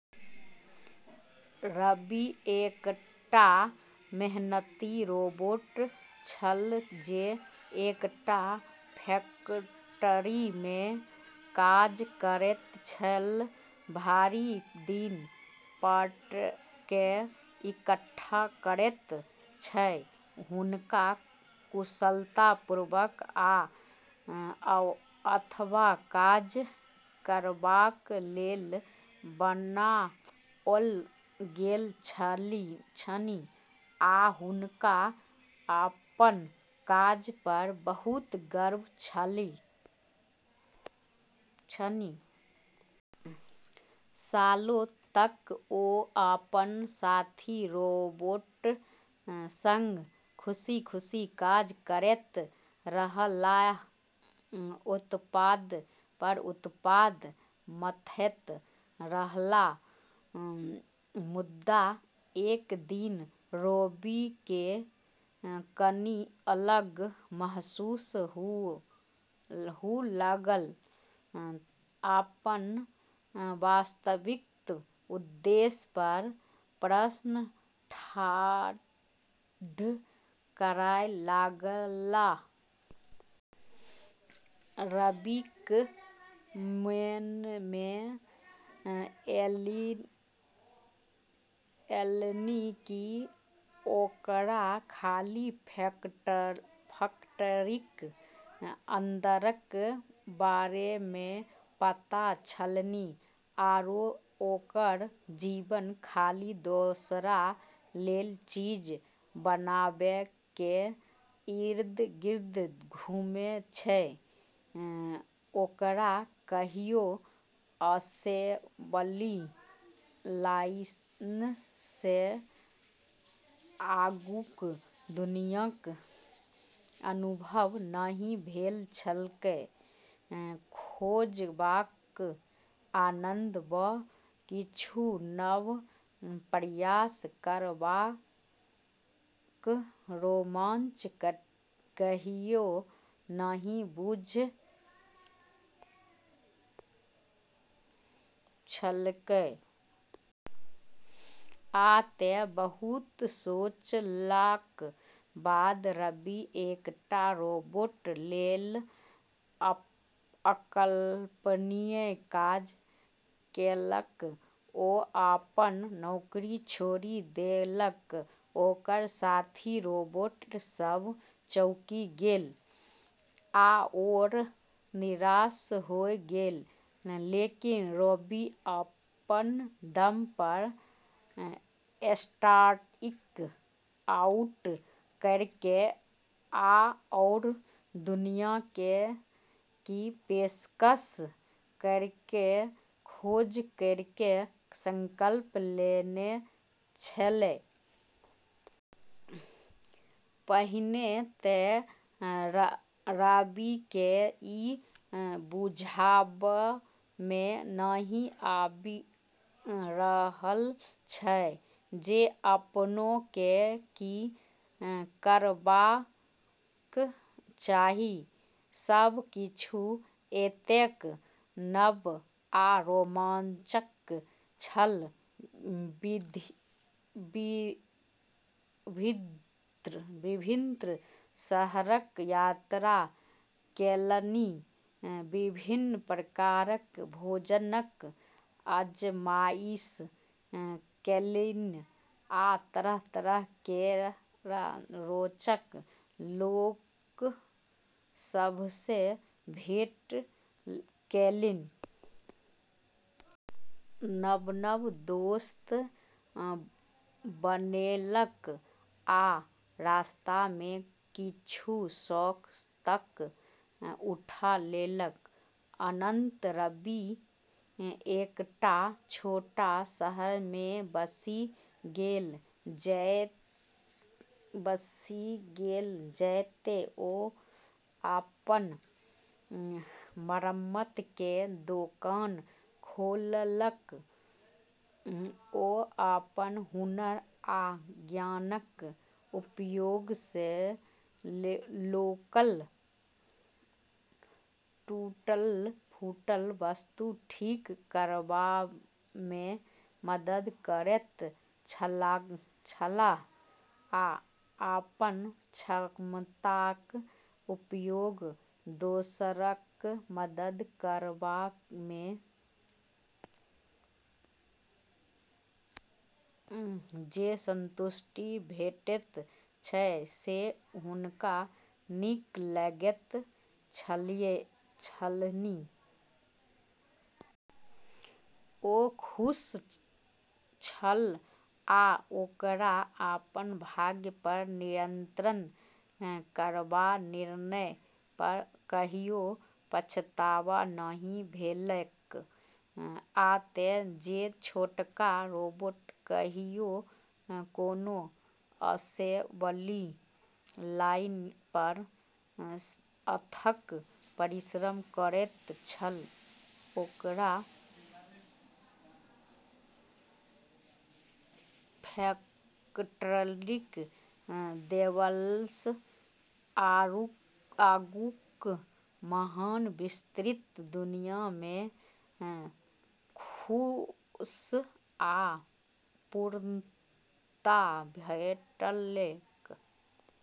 Robbie एकटा मेहनती robot छल जे एकटा फैक्टरीमे काज करैत छल, भरि दिन पार्टके इकट्ठा करैत छल। हुनका कुशलतापूर्वक आ अथक काज करबाक लेल बनाओल गेल छलनि, आ हुनका अपन काज पर बहुत गर्व छलनि। सालों तक ओ अपन साथी रोबोटक सङ्ग खुशी-खुशी काज करैत रहलाह, उत्पाद पर उत्पाद मथैत रहलाह । मुदा एक दिन, रॉबीके कनि अलग महसूस हुअ' लागल । अपन अस्तित्वक उद्देश्य पर प्रश्न ठाढ़ करय लगलाह। रॉबीक मोनमे एलनि कि ओकरा खाली फैक्टरिक अन्दरक बारेमे पता छलनि, आरो ओकर जीवन खाली दोसरा लेल चीज बनाबैके इर्द-गिर्द घूमै छै। ओकरा कहियो असेंबली लाइनसँ आगूक दुनियाँक अनुभव नहि भेल छलैक, खोजबाक आनन्द, वा किछु नव प्रयास करबाक रोमांच कहियो नहि बुझल छलैक। आ तैं, बहुत सोचलाक बाद, रॉबी एकटा रोबोट लेल अकल्पनीय काज केलक ओ अपन नौकरी छोड़ि देलक. ओकर साथी रोबोट सब चौंकि गेलै आओर निराश होय गेलै, लेकिन रॉबी अपन दम पर स्ट्राइक आउट करैके आओर दुनियाके की पेशकश करैके खोज करैके संकल्प लेने छेलै। पहिने तऽ रॉबीकेँ ई बुझबामे नहि आबि रहल छल जे अपनाकेँ की करबाक चाही। सब किछु एतेक नव आ रोमांचक छल! विभिन्न शहरक यात्रा केलनि, विभिन्न प्रकारक भोजनक आज़माइश केलनि, आ तरह-तरह केर रोचक लोक सभसँ भेँट केलनि। नव-नव दोस्त बनौलक आ रस्तामे किछु शौक तक उठा लेलक। अन्ततः रॉबी एकटा छोट शहरमे बसि गेल जतय ओ अपन मरम्मतके दोकान खोललक। ओ अपन हुनर आ ज्ञानक उपयोगसँ लोकक टूटल-फूटल वस्तु ठीक करबामे मदद करैत छलाह, आ अपन क्षमताक उपयोग दोसरक मदद करबामे जे संतुष्टि भेटैत छल, से हुनका नीक लगैत छलनि। ओ खुश छल, आ ओकरा अपन भाग्य पर नियंत्रण करबाक निर्णय पर कहियो पछतावा नहि भेलैक। आ तैं, जे छोटका रोबोट कहियो कोनो असेंबली लाइन पर अथक परिश्रम करैत छल, ओकरा फैक्ट्रीक देबालसँ आगूक महान, विस्तृत दुनियामे सुख आ पूर्णता भेटलैक ।